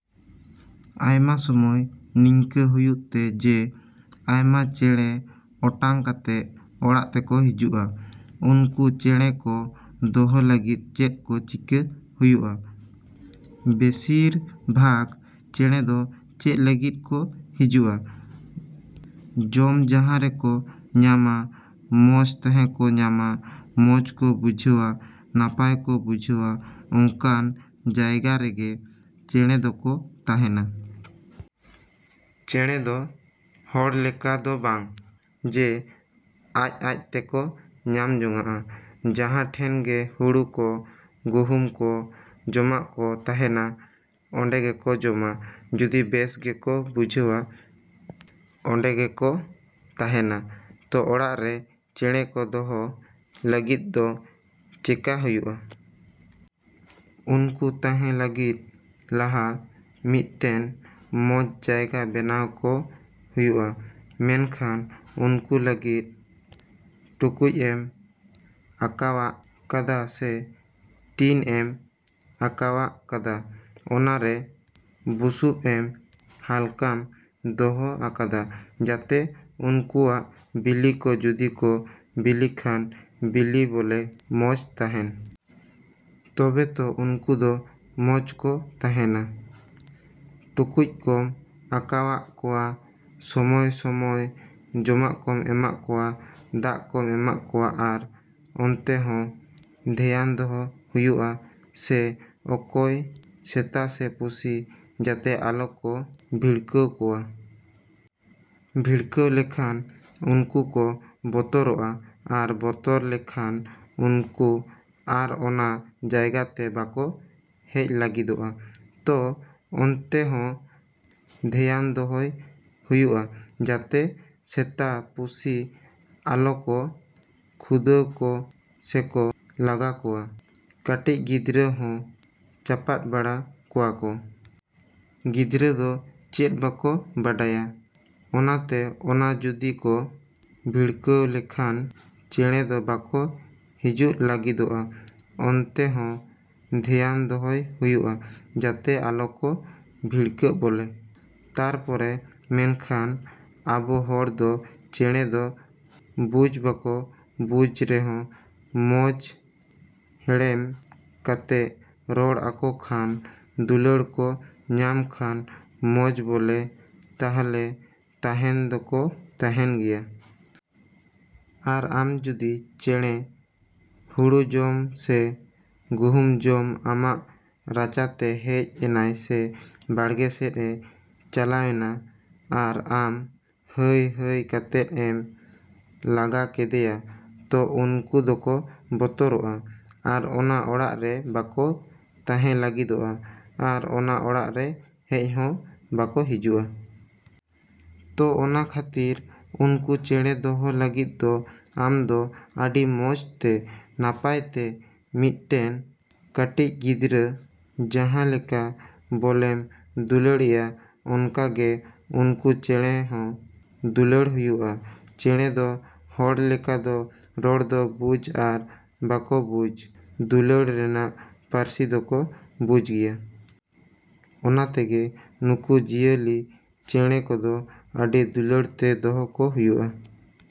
ᱟᱭᱢᱟ ᱥᱚᱢᱚᱭ ᱱᱤᱝᱠᱟᱹ ᱦᱩᱭᱩᱜ ᱛᱮ ᱡᱮ ᱟᱭᱢᱟ ᱪᱮᱸᱬᱮ ᱚᱴᱟᱝ ᱠᱟᱛᱮᱜ ᱚᱲᱟᱜ ᱛᱮᱠᱚ ᱦᱤᱡᱩᱜᱼᱟ᱾ ᱩᱱᱠᱩ ᱪᱮᱸᱬᱮ ᱠᱚ ᱫᱚᱦᱚ ᱞᱟᱹᱜᱤᱫ ᱪᱮᱫ ᱠᱚ ᱪᱮᱠᱟ ᱦᱩᱭᱩᱜᱼᱟ? ᱵᱮᱥᱤᱨ ᱵᱷᱟᱜᱽ ᱪᱮᱸᱬᱮ ᱫᱚ ᱪᱮᱫ ᱞᱟᱹᱜᱤᱫ ᱠᱚ ᱦᱤᱡᱩᱜᱼᱟ? ᱡᱚᱢ ᱡᱟᱦᱟᱸ ᱨᱮᱠᱚ ᱧᱟᱢᱟ, ᱢᱚᱡᱽ ᱛᱟᱦᱮᱸ ᱠᱚ ᱧᱟᱢᱟ, ᱢᱚᱡᱽ ᱠᱚ ᱵᱩᱡᱷᱟᱹᱣᱟ, ᱱᱟᱯᱟᱭ ᱠᱚ ᱵᱩᱡᱷᱟᱹᱣᱟ, ᱚᱱᱠᱟᱱ ᱡᱟᱭᱜᱟ ᱨᱮᱜᱮ ᱪᱮᱸᱬᱮ ᱫᱚᱠᱚ ᱛᱟᱦᱮᱱᱟ᱾ ᱪᱮᱸᱬᱮ ᱫᱚ ᱦᱚᱲ ᱞᱮᱠᱟ ᱫᱚ ᱵᱟᱝ ᱡᱮ ᱟᱡᱼᱟᱡ ᱛᱮᱠᱚ ᱧᱟᱢ ᱡᱚᱱᱟᱜᱼᱟ᱾ ᱡᱟᱦᱟᱸ ᱴᱷᱮᱱ ᱜᱮ ᱦᱩᱲᱩ ᱠᱚ, ᱜᱩᱦᱩᱢ ᱠᱚ, ᱡᱚᱢᱟᱜ ᱠᱚ ᱛᱟᱦᱮᱱᱟ, ᱚᱸᱰᱮ ᱜᱮᱠᱚ ᱡᱚᱢᱟ᱾ ᱡᱩᱫᱤ ᱵᱮᱥ ᱜᱮᱠᱚ ᱵᱩᱡᱷᱟᱹᱣᱟ, ᱚᱸᱰᱮ ᱜᱮᱠᱚ ᱛᱟᱦᱮᱱᱟ᱾ ᱛᱚ ᱚᱲᱟᱜ ᱨᱮ ᱪᱮᱸᱬᱮ ᱠᱚ ᱫᱚᱦᱚ ᱞᱟᱹᱜᱤᱫ ᱫᱚ ᱪᱮᱠᱟ ᱦᱩᱭᱩᱜᱼᱟ? ᱩᱱᱠᱩ ᱛᱟᱦᱮᱸ ᱞᱟᱹᱜᱤᱫ ᱞᱟᱦᱟ ᱢᱤᱫᱴᱮᱱ ᱢᱚᱡᱽ ᱡᱟᱭᱜᱟ ᱵᱮᱱᱟᱣ ᱠᱚ ᱦᱩᱭᱩᱜᱼᱟ᱾ ᱢᱮᱱᱠᱷᱟᱱ ᱩᱱᱠᱩ ᱞᱟᱹᱜᱤᱫ ᱴᱩᱠᱩᱡ ᱮᱢ ᱟᱠᱟᱣᱟᱜ ᱠᱟᱫᱟ ᱥᱮ ᱴᱤᱱ ᱮᱢ ᱟᱠᱟᱣᱟᱜ ᱠᱟᱫᱟ, ᱚᱱᱟᱨᱮ ᱵᱩᱥᱩᱵ ᱮᱢ ᱦᱟᱞᱠᱟᱢ ᱫᱚᱦᱚ ᱟᱠᱟᱫᱟ ᱡᱟᱛᱮ ᱩᱱᱠᱩᱣᱟᱜ ᱵᱤᱞᱤ ᱠᱚ ᱡᱩᱫᱤ ᱠᱚ ᱵᱤᱞᱤ ᱠᱷᱟᱱ ᱵᱤᱞᱤ ᱵᱚᱞᱮ ᱢᱚᱡᱽ ᱛᱟᱦᱮᱱ᱾ ᱛᱚᱵᱮ ᱛᱚ ᱩᱱᱠᱩ ᱫᱚ ᱢᱚᱡᱽ ᱠᱚ ᱛᱟᱦᱮᱱᱟ᱾ ᱴᱩᱠᱩᱡ ᱠᱚᱢ ᱟᱠᱟᱣᱟᱜ ᱠᱚᱣᱟ, ᱥᱚᱢᱚᱭᱼᱥᱚᱢᱚᱭ ᱡᱚᱢᱟᱜ ᱠᱚᱢ ᱮᱢᱟᱜ ᱠᱚᱣᱟ, ᱫᱟᱜ ᱠᱚᱢ ᱮᱢᱟᱜ ᱠᱚᱣᱟ ᱟᱨ ᱚᱱᱛᱮ ᱦᱚᱸ ᱫᱷᱮᱭᱟᱱ ᱫᱚᱦᱚ ᱦᱩᱭᱩᱜᱼᱟ ᱥᱮ ᱚᱠᱚᱭ ᱥᱮᱛᱟ ᱥᱮ ᱯᱩᱥᱤ ᱡᱟᱛᱮ ᱟᱞᱚ ᱠᱚ ᱵᱷᱤᱲᱠᱟᱹᱣ ᱠᱚᱣᱟ᱾ ᱵᱷᱤᱲᱠᱟᱹᱣ ᱞᱮᱱᱠᱷᱟᱱ ᱩᱱᱠᱩ ᱠᱚ ᱵᱚᱛᱚᱨᱚᱜᱼᱟ ᱟᱨ ᱵᱚᱛᱚᱨ ᱞᱮᱱᱠᱷᱟᱱ ᱩᱱᱠᱩ ᱟᱨ ᱚᱱᱟ ᱡᱟᱭᱜᱟ ᱛᱮ ᱵᱟᱠᱚ ᱦᱮᱡ ᱞᱟᱹᱜᱤᱫᱚᱜᱼᱟ᱾ ᱛᱚ ᱚᱱᱛᱮ ᱦᱚᱸ ᱫᱷᱮᱭᱟᱱ ᱫᱚᱦᱚᱭ ᱦᱩᱭᱩᱜᱼᱟ ᱡᱟᱛᱮ ᱥᱮᱛᱟ, ᱯᱩᱥᱤ ᱟᱞᱚ ᱠᱚ ᱠᱷᱩᱫᱟᱹᱣ ᱠᱚ ᱥᱮᱠᱚ ᱞᱟᱜᱟ ᱠᱚᱣᱟ᱾ ᱠᱟᱹᱴᱤᱡ ᱜᱤᱫᱽᱨᱟᱹ ᱦᱚᱸ ᱪᱟᱯᱟᱫ ᱵᱟᱲᱟ ᱠᱚᱣᱟ ᱠᱚ᱾ ᱜᱤᱫᱽᱨᱟᱹ ᱫᱚ ᱪᱮᱫ ᱵᱟᱠᱚ ᱵᱟᱰᱟᱭᱟ᱾ ᱚᱱᱟᱛᱮ ᱚᱱᱟ ᱡᱩᱫᱤ ᱠᱚ ᱵᱷᱤᱲᱠᱟᱹᱣ ᱞᱮᱱᱠᱷᱟᱱ ᱪᱮᱸᱬᱮ ᱫᱚ ᱵᱟᱠᱚ ᱦᱤᱡᱩᱜ ᱞᱟᱹᱜᱤᱫᱚᱜᱼᱟ᱾ ᱚᱱᱛᱮ ᱦᱚᱸ ᱫᱷᱮᱭᱟᱱ ᱫᱚᱦᱚᱭ ᱦᱩᱭᱩᱜᱼᱟ ᱡᱟᱛᱮ ᱟᱞᱚ ᱠᱚ ᱵᱷᱤᱲᱠᱟᱹᱜ ᱵᱚᱞᱮ᱾ ᱛᱟᱨᱯᱚᱨᱮ ᱢᱮᱱᱠᱷᱟᱱ ᱟᱵᱚ ᱦᱚᱲ ᱫᱚ ᱪᱮᱸᱬᱮ ᱫᱚ ᱵᱩᱡᱽ ᱵᱟᱠᱚ ᱵᱩᱡᱽ ᱨᱮᱦᱚᱸ ᱢᱚᱡᱽ ᱦᱮᱲᱮᱢ ᱠᱟᱛᱮᱜ ᱨᱚᱲ ᱟᱠᱚ ᱠᱷᱟᱱ, ᱫᱩᱞᱟᱹᱲ ᱠᱚ ᱧᱟᱢ ᱠᱷᱟᱱ ᱢᱚᱡᱽ ᱵᱚᱞᱮ ᱛᱟᱦᱞᱮ ᱛᱟᱦᱮᱱ ᱫᱚᱠᱚ ᱛᱟᱦᱮᱱ ᱜᱮᱭᱟ᱾ ᱟᱨ ᱟᱢ ᱡᱩᱫᱤ ᱪᱮᱸᱬᱮ ᱦᱩᱲᱩ ᱡᱚᱢ ᱥᱮ ᱜᱩᱦᱩᱢ ᱡᱚᱢ ᱟᱢᱟᱜ ᱨᱟᱪᱟ ᱛᱮ ᱦᱮᱡ ᱮᱱᱟᱭ ᱥᱮ ᱵᱟᱲᱜᱮ ᱥᱮᱫᱼᱮ ᱪᱟᱞᱟᱣᱮᱱᱟ ᱟᱨ ᱟᱢ ᱦᱟᱹᱭᱼᱦᱟᱹᱭ ᱠᱟᱛᱮᱫ ᱮᱢ ᱞᱟᱜᱟ ᱠᱮᱫᱮᱭᱟ, ᱛᱚ ᱩᱱᱠᱩ ᱫᱚᱠᱚ ᱵᱚᱛᱚᱨᱚᱜᱼᱟ ᱟᱨ ᱚᱱᱟ ᱚᱲᱟᱜ ᱨᱮ ᱵᱟᱠᱚ ᱛᱟᱦᱮᱸ ᱞᱟᱹᱜᱤᱫᱚᱜᱼᱟ ᱟᱨ ᱚᱱᱟ ᱚᱲᱟᱜ ᱨᱮ ᱦᱮᱡ ᱦᱚᱸ ᱵᱟᱠᱚ ᱦᱤᱡᱩᱜᱼᱟ᱾ ᱛᱚ ᱚᱱᱟ ᱠᱷᱟᱹᱛᱤᱨ ᱩᱱᱠᱩ ᱪᱮᱸᱬᱮ ᱫᱚᱦᱚ ᱞᱟᱹᱜᱤᱫ ᱫᱚ ᱟᱢ ᱫᱚ ᱟᱹᱰᱤ ᱢᱚᱡᱽ ᱛᱮ, ᱱᱟᱯᱟᱭ ᱛᱮ ᱢᱤᱫᱴᱮᱱ ᱠᱟᱹᱴᱤᱡ ᱜᱤᱫᱽᱨᱟᱹ ᱡᱟᱦᱟᱸ ᱞᱮᱠᱟ ᱵᱚᱞᱮᱢ ᱫᱩᱞᱟᱹᱲ ᱮᱭᱟ ᱚᱱᱠᱟ ᱜᱮ ᱩᱱᱠᱩ ᱪᱮᱸᱬᱮ ᱦᱚᱸ ᱫᱩᱞᱟᱹᱲ ᱦᱩᱭᱩᱜᱼᱟ᱾ ᱪᱮᱸᱬᱮ ᱫᱚ ᱦᱚᱲ ᱞᱮᱠᱟ ᱫᱚ ᱨᱚᱲ ᱫᱚ ᱵᱩᱡᱽ ᱟᱨ ᱵᱟᱠᱚ ᱵᱩᱡᱽ, ᱫᱩᱞᱟᱹᱲ ᱨᱮᱱᱟᱜ ᱯᱟᱹᱨᱥᱤ ᱫᱚᱠᱚ ᱵᱩᱡᱽ ᱜᱮᱭᱟ᱾ ᱚᱱᱟ ᱛᱮᱜᱮ ᱱᱩᱠᱩ ᱡᱤᱭᱟᱹᱞᱤ ᱪᱮᱸᱬᱮ ᱠᱚᱫᱚ ᱟᱹᱰᱤ ᱫᱩᱞᱟᱹᱲ ᱛᱮ ᱫᱚᱦᱚ ᱠᱚ ᱦᱩᱭᱩᱜᱼᱟ᱾।